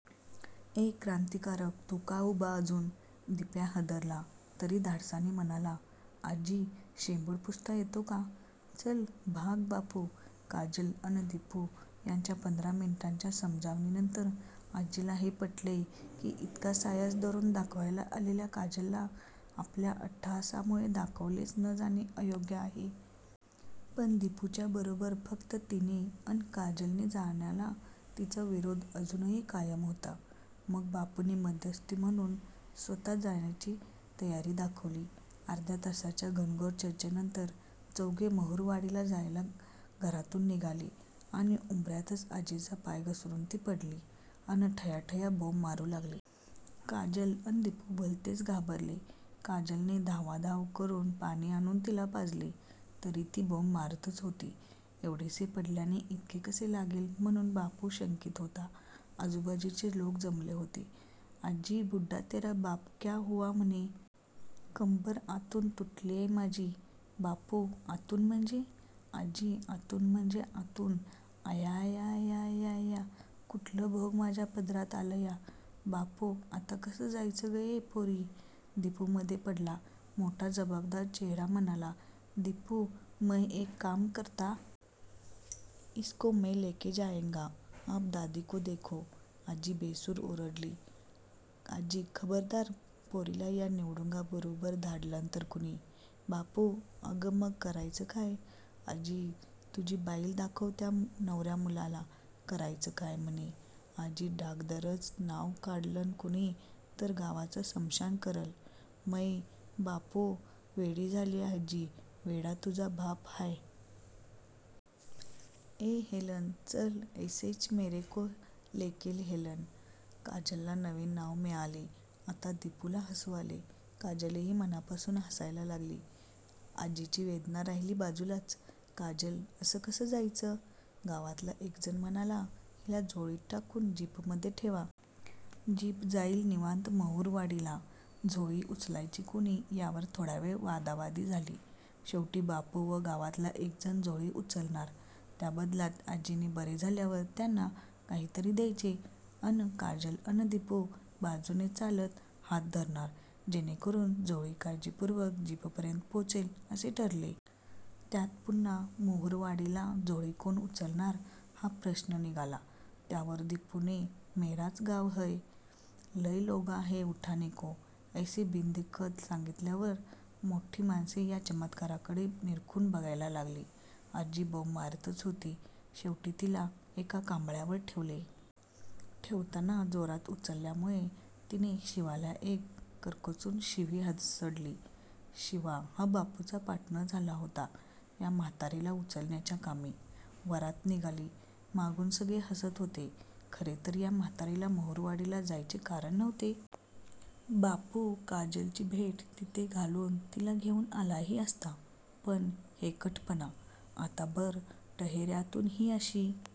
ए क्रान्तीकारक? तू का उभा अजून? दिप्या हादरला. तरी धाडसाने म्हणाला. आजी शेंबुड पुसता येतो का? चल्ल भाग बापू, काजल अन दिपू यांच्या पंधरा मिनिटांच्या समजावणीनंतर आजीला हे पटले की इतका सायास करून दाखवायला आलेल्या काजलला आपल्या अट्टाहासामुळे दाखवलेच न जाणे अयोग्य आहे. पण दिपूच्या बरोबर फक्त तिने अन काजलने जाण्याला तिचा विरोध अजूनही कायम होता. मग बापूने मध्यस्थ म्हणून स्वतः जायची तयारी दाखवली. अर्ध्या तासाच्या घनघोर चर्चेनंतर चौघे महुरवाडीला जायला घरातून निघाले आणि उंबर्यातच आजीचा पाय घसरुन ती पडली अन ठयाठया बोंब मारू लागली. काजल अन दिपू भलतेच घाबरले. काजलने धावाधाव करून पाणी आणून तिला पाजले. तरी ती बोंब मारतच होती. एवढेसे पडल्याने इतके कसे लागले म्हणून बापू शंकीत होता. आजूबाजूचे लोक जमले होते. आजी बुढ्ढा तेरा बाप क्या हुवा म्हणे. कंबर आतून तुटलीय माझी बापू आतून म्हंजी? आजी आतून म्हंजी आतून अयायायायायाया कुटलं भोग माज्या पदरात आलया. बापू आता कसं जायचं गं ए पोरी? दिपू मधे पडला. मोठा जबाबदार चेहरा करून म्हणाला. दिपू मय एक काम करता. इसको मय लेके जायेंगा. आप दादीको देखो.आजी भेसूर ओरडली. आजी खबरदार पोरीला या निवडुंगाबरुबर धाडलन तर कुणी बापू अगं मंग करायचं काय? आजी तुझी बाईल दाखीव त्या नवर्या मुलाला करायचं काय म्हणी आजी डागदरचं नाव काढलन कुणी तर गावाच शमशान करल मय बापू म्हातारी वेडी हाये आजी वेडा तुझा बाप हाय. ये हेलन चल ऐसेच मेरेको लेके हेलन! काजलला नवीन नाव मिळाले. आता दिपूला हसू आले. काजलही मनापासून हसायला लागली. आजीची वेदना राहिली बाजूलाच! काजल असं कसं जायचं? गावातला एक जण म्हणाला हिला झोळीत टाकून जीपमधे ठेवा. जीप जाईल निवांत महुरवाडीला. झोळी उचलायची कुणी यावर थोडा वेळ वादावादी झाली. शेवटी बापू व गावातला एक जण झोळी उचलणार, त्याबदल्यात आजीने बरे झाल्यावर त्यांना काहीतरी द्यायचे अन काजल अन दिपू बाजूने चालत हात धरणार, जेणेकरून झोळी काळजीपुर्वक जीपपर्यंत पोचेल असे ठरले. त्यात पुन्हा महुरवाडीला झोळी कोण उचलणार हा प्रश्न निघाला. त्यावर दिपूने 'मेराच गाव हय. लय लोगां है उठानेको' असे बिनदिक्कत सांगीतल्यावर मोठी माणसे या चमत्काराकडे निरखून बघायला लागली. आजी बोंब मारतच होती. शेवटी तिला एका कांबळ्यावर ठेवले. ठेवताना जोरात उचलल्यामुळे तिने शिवाला एक करकचून शिवी हासडली. शिवा हा बापुचा पार्टनर झाला होता या म्हातारीला उचलण्याच्या कामी! वरात निघाली. मागून सगळे हसत होते. खरे तर या म्हातारीला महुरवाडीला जायचे कारण नव्हते. बापू काजलची भेट तिथे घालून तिला घेऊन आलाही असता. पण हेकटपणा! आता भर टहेर्यातून ही अशी